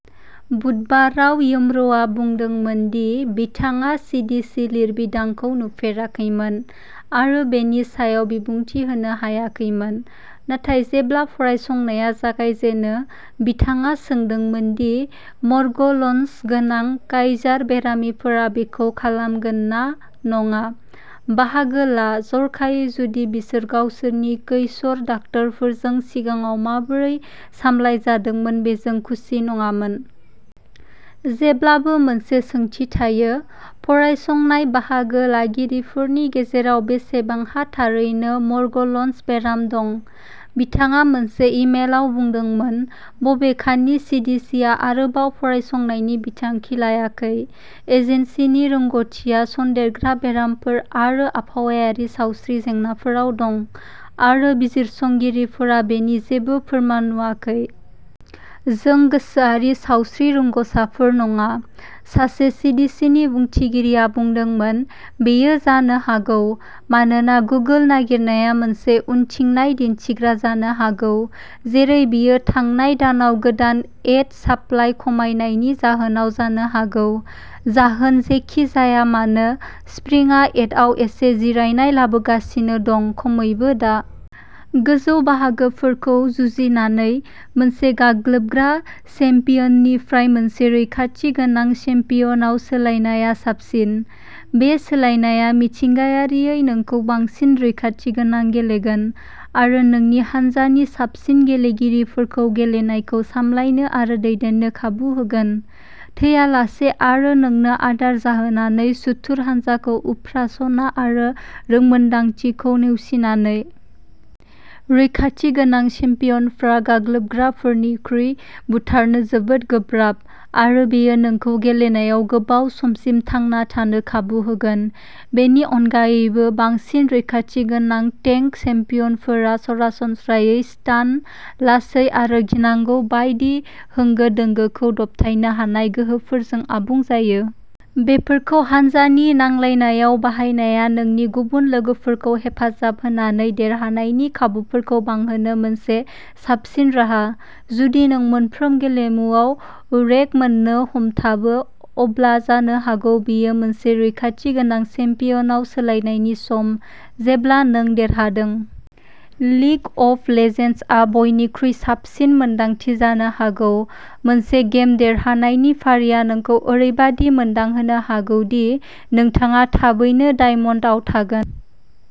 बुधबाराव, विम'रआ बुंदोंमोन दि बिथाङा सीडीसी लिरबिदांखौ नुफेराखैमोन आरो बेनि सायाव बिबुंथि होनो हायाखैमोन। नाथाय जेब्ला फरायसंनाया जागायजेनो, बिथाङा सोंदोंमोन दि म'र्गेलन्स गोनां काइजार बेरामिफोरा बेखौ खालामगोन ना नङा। बाहागो ला, जर'खायै जुदि बिसोर गावसोरनि कैसर डाक्टारफोरजों सिगाङाव माबोरै सामलायजादोंमोन बेजों खुसि नङामोन। "जेब्लाबो मोनसे सोंथि थायोः फरायसंनाय बाहागो लागिरिफोरनि गेजेराव बेसेबांहा थारैनो मर्गेलन्स बेराम दं? " बिथाङा मोनसे इमेलआव बुंदोंमोन। बबेखानि, सीडीसीआ आरोबाव फरायसंनायनि बिथांखि लायाखै। एजेन्सिनि रोंग'थिआ सनदेरग्रा बेरामफोर आरो आबहावायारि सावस्रि जेंनाफोराव दं, आरो बिजिरसंगिरिफोरा बेनि जेबो फोरमान नुवाखै। "जों गोसोआरि सावस्रि रोंग'साफोर नङा", सासे सीडीसीनि बुंथिगिरिया बुंदोंमोन। बेयो जानो हागौ मानोना गुगोल नागिरनाया मोनसे उनथिंनाय दिन्थिग्रा जानो हागौ, जेरै बेयो थांनाय दानाव गोदान एथ साप्लाय खमायनायनि जाहोनाव जानो हागौ। जाहोन जेखि जाया मानो, स्प्रिंआ एथआव एसे जिरायनाय लाबोगासिनो दं, खमैबो दा। गोजौ बाहागोफोरखौ जुजिनानै, मोनसे गाग्लोबग्रा चेम्पियननिफ्राय मोनसे रैखाथि गोनां चेम्पियनआव सोलायनाया साबसिन। बे सोलायनाया मिथिंगायारियै नोंखौ बांसिन रैखाथि गोनां गेलेगोन आरो नोंनि हानजानि साबसिन गेलेगिरिफोरखौ गेलेनायखौ सामलायनो आरो दैदेननो खाबु होगोन। थैयालासे आरो नोंनो आदार जाहोनानै सुथुर हान्जाखौ उफ्रा सना आरो रोंमोन्दांथिखौ नेवसिनानै। रैखाथि गोनां चेम्पियनफोरा गाग्लोबग्राफोरनिख्रुइ बुथारनो जोबोद गोब्राब, आरो बेयो नोंखौ गेलेनायाव गोबाव समसिम थांना थानो खाबु होगोन। बेनि अनगायैबो, बांसिन रैखाथि गोनां टेंक चेम्पियनफोरा सरासनस्रायै स्टान, लासै आरो गिनांगौ बायदि होंगो दोंगोखौ दबथायनो हानाय गोहोफोरजों आबुं जायो। बेफोरखौ हानजानि नांलायनायाव बाहायनाया नोंनि गुबुन लोगोफोरखौ हेफाजाब होनानै देरहानायनि खाबुफोरखौ बांहोनो मोनसे साबसिन राहा। जुदि नों मोनफ्रोम गेलेमुआव रेक मोननो हमथाबो, अब्ला जानो हागौ बेयो मोनसे रैखाथि गोनां चेम्पियनआव सोलायनायनि सम। जेब्ला नों देरहादों। लिग अफ लेजेन्ड्सआ बयनिख्रुइ साबसिन मोन्दांथि जानो हागौ। मोनसे गेम देरहानायनि फारिआ नोंखौ ओरैबायदि मोनदांहोनो हागौ दि नोंथाङा थाबैनो डायमन्डआव थागोन।